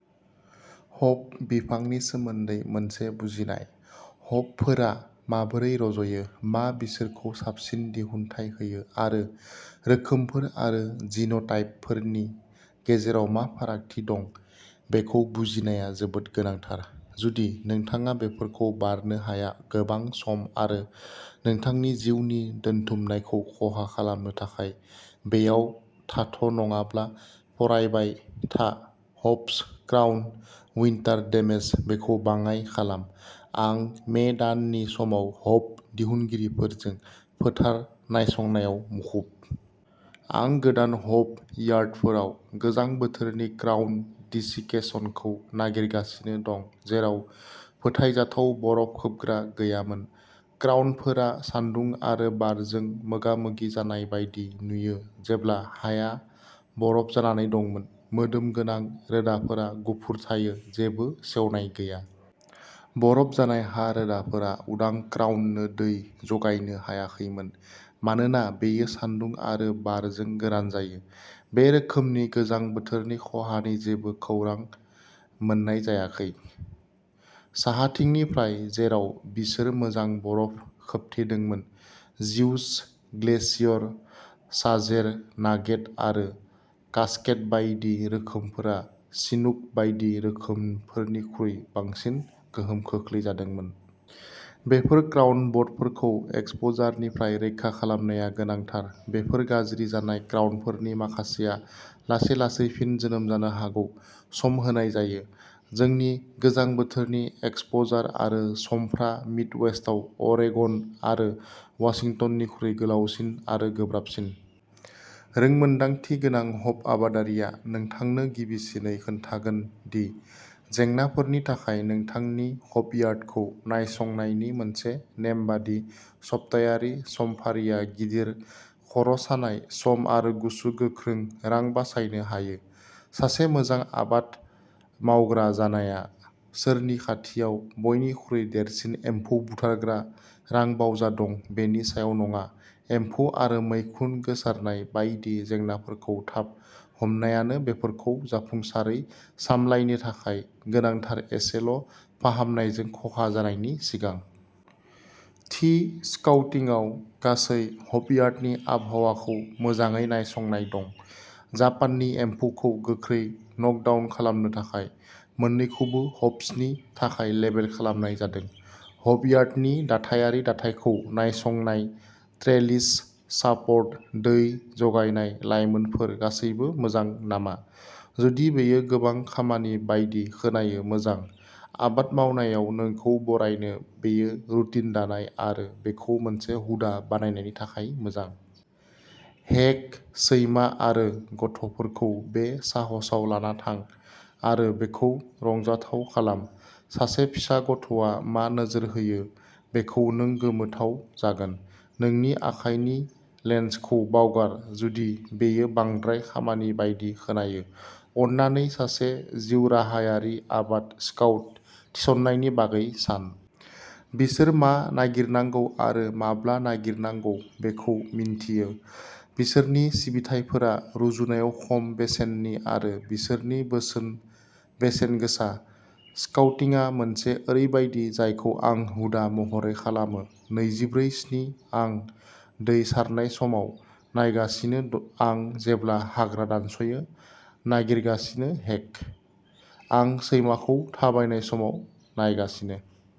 Hop बिफांनि सोमोन्दै मोनसे बुजिनाय। हपफोरा माबोरै रज'यो, मा बिसोरखौ साबसिन दिहुनथाय होयो, आरो रोखोमफोर आरो जिन'टाइपफोरनि गेजेराव मा फारागथि दं बेखौ बुजिनाया जोबोद गोनांथार। जुदि नोंथाङा बेफोरखौ बारनो हाया गोबां सम आरो नोंथांनि जिउनि दोनथुमनायखौ खहा खालामनो थाखाय बेयाव थाथ नङाब्ला फरायबाय था हप्स क्राउन उइन्टार डेमेज बेखौ बाङाइ खालाम, आं मे दाननि समाव हप दिहुनगिरिफोरजों फोथार नायसंनायाव मुखुब। आं गोदान हप यार्डफोराव गोजां बोथोरनि क्राउन दिसिकेसनखौ नागिरगासिनो दं जेराव फोथायजाथाव बरफ खोबग्रा गैयामोन। क्राउनफोरा सान्दुं आरो बारजों मोगामोगि जानाय बायदि नुयो जेब्ला हाया बरफ जानानै दंमोन। मोदोम गोनां रोदाफोरा गुफुर थायो जेबो सेवनाय गैया। बरफ जानाय हा रोदाफोरा उदां क्राउननो दै जगायनो हायाखैमोन मानोना बेयो सान्दुं आरो बारजों गोरान जायो। बे रोखोमनि गोजां बोथोरनि खहानि जेबो खौरां मोननाय जायाखै। साहाथिंनिफ्राय, जेराव बिसोर मोजां बरफ खोबथेदोंमोन। जिउस, ग्लेशियर, साजेर, नागेट आरो कास्केड बायदि रोखोमफोरा चिनुक बायदि रोखोमफोरनिख्रुइ बांसिन गोहोम खोख्लैजादोंमोन। बेफोर क्राउन बडफोरखौ एक्सप'जारनिफ्राय रैखा खालामनाया गोनांथार बेफोर गाज्रि जानाय क्राउनफोरनि माखासेआ लासै-लासै फिन जोनोम जानो हागौ, सम होनाय जायो। जोंनि गोजां बोथोरनि एक्सप'जार आरो समफ्रा मिडवेस्टआव अरेगन आरो वाशिंटननिख्रुइ गोलावसिन आरो गोब्राबसिन। रोंमोन्दांथि गोनां हप आबादारिया नोंथांनो गिबिसिनै खोन्थागोन दि जेंनाफोरनि थाखाय नोंथांनि हपयार्डखौ नायसंनायनि मोनसे नेमबादि सप्तायारि समफारिआ गिदिर खर'सानाय, सम आरो गुसु गोख्रों रां बासायनो हायो। सासे मोजां आबाद मावग्रा जानाया सोरनि खाथियाव बयनिख्रुइ देरसिन एम्फौ बुथारग्रा रांबावजा दं बेनि सायाव नङा एम्फौ आरो मैखुन गोसारनाय बायदि जेंनाफोरखौ थाब हमनायानो बेफोरखौ जाफुंसारै सामलायनो थाखाय गोनांथार एसेल' फाहामनायजों खहा जानायनि सिगां। थि स्काउटिंगआव गासै हपयार्डनि आबहावाखौ मोजाङै नायसंनाय दं। जापाननि एम्फौखौ गोख्रै नकडाउन खालामनो थाखाय। मोन्नैखौबो हप्सनि थाखाय लेबेल खालामनाय जादों। हपयार्डनि दाथायारि दाथायखौ नायसंनाय ट्रेलिस, सापर्ट, दै जगायनाय लाइनफोर गासैबो मोजां नामा? जुदि बेयो गोबां खामानि बायदि खोनायो मोजां, आबाद मावनायाव नोंखौ बरायनो बेयो रुटिन दानाय आरो बेखौ मोनसे हुदा बानायनायनि थाखाय मोजां। हेक, सैमा आरो गथ'फोरखौ बे साहसआव लाना थां आरो बेखौ रंजाथाव खालाम। सासे फिसा गथ'आ मा नोजोर होयो बेखौ नों गोमोथाव जागोन। नोंनि आखाइनि लेन्सखौ बावगार जुदि बेयो बांद्राय खामानि बायदि खोनायो, अन्नानै सासे जिउराहायारि आबाद स्काउट थिसननायनि बागै सान। बिसोर मा नागिरनांगौ आरो माब्ला नागिरनांगौ बेखौ मिन्थियो। बिसोरनि सिबिथाइफोरा रुजुनायाव खम बेसेननि आरो बिसोरनि बोसोन-बेसेनगोसा। स्काउटिंआ मोनसे ओरैबायदि जायखौ आं हुदा महरै खालामो नैजिब्रै स्नि आं दै सारनाय समाव नायगासिनो आं जेब्ला हाग्रा दानस'यो नागिरगासिनो हेक, आं सैमाखौ थाबायनाय समाव नायगासिनो।